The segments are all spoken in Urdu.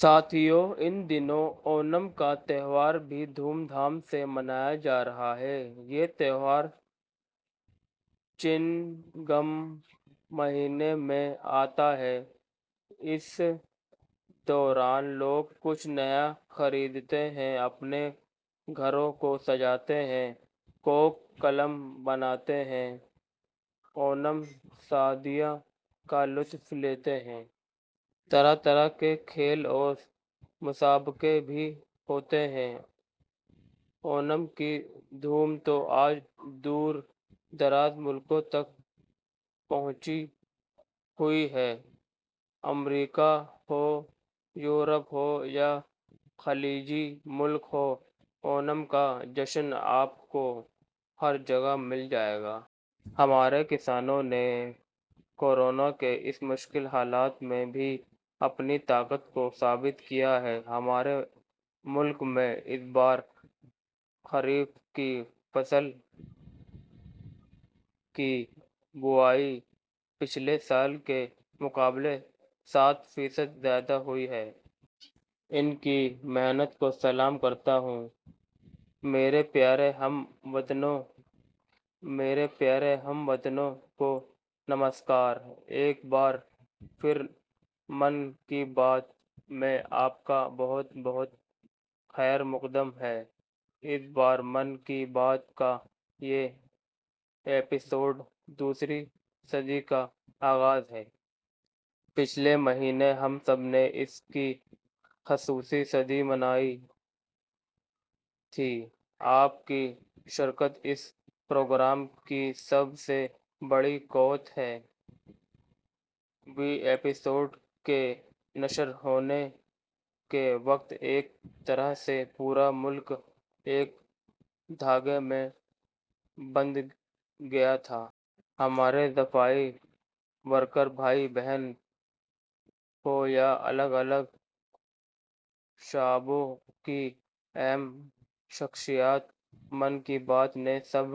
ساتھیو، ان دنوں اونم کا تہوار بھی دھوم دھام سے منایاجارہا ہے۔ یہ تہوار چن گم مہینے میں آتا ہے، اس دوران لوگ کچھ نیا خریدتے ہیں، اپنے گھروں کو سجاتے ہیں، کوک کلم بناتے ہیں، اونم – سادیہ کا لطف لیتے ہیں۔ طرح طرح کے کھیل اور مسابقے بھی ہوتے ہیں۔ اونم کی دھوم تو آج دور دراز ملکوں تک پہنچی ہوئی ہے، امریکہ ہو ، یورپ ہو یا خلیجی ملک ہوں اونم کا جشن آپ کو ہر جگہ مل جائے گا۔ ہمارے کسانوں نے کورونا کےاس مشکل حالات میں بھی اپنی طاقت کو ثابت کیا ہے۔ ہمارے ملک میں اس بار خریف کی فصل کی بوائی پچھلے سال کے مقابلے سات فیصد زیادہ ہوئی ہے۔ ان کی محنت کو سلام کرتا ہوں۔ میرے پیارے ہم وطنوٍ! میرے پیارے ہم وطنوں کو نمسکار! ایک بار پھر، 'من کی بات' میں آپ کا بہت بہت خیر مقدم ہے۔ اس بار 'من کی بات' کا یہ ایپیسوڈ دوسری صدی کا آغاز ہے۔ پچھلے مہینے ہم سب نے اس کی خصوصی صدی منائی تھی۔ آپ کی شرکت اس پروگرام کی سب سے بڑی قوت ہے، ویں ایپیسوڈ کے نشر ہونے کے وقت ایک طرح سے پورا ملک ایک دھاگے میں بندھ گیا تھا۔ ہمارے صفائی ورکر بھائی بہن ہوں یا الگ الگ شعبوں کی اہم شخصیات ،' من کی بات ' نے سب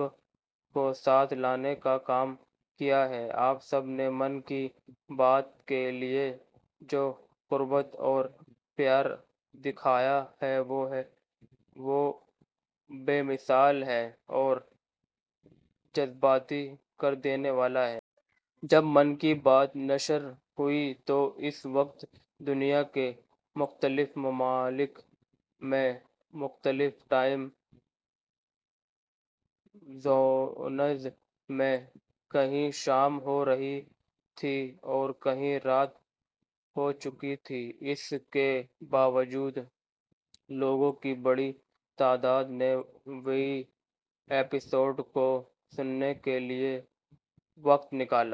کو ساتھ لانے کا کام کیا ہے۔ آپ سب نے 'من کی بات' کے لیے جو قربت اور پیار دکھایا ہے وہ بے مثال ہے اور جذباتی کر دینے والا ہے۔ جب 'من کی بات' نشر ہوئی تو اس وقت دنیا کے مختلف ممالک میں مختلف ٹائم زونز میں کہیں شام ہو رہی تھی اور کہیں رات ہو چکی تھی، اس کے باوجود لوگوں کی بڑی تعداد نے ویں ایپیسوڈ کو سننے کے لیے وقت نکالا۔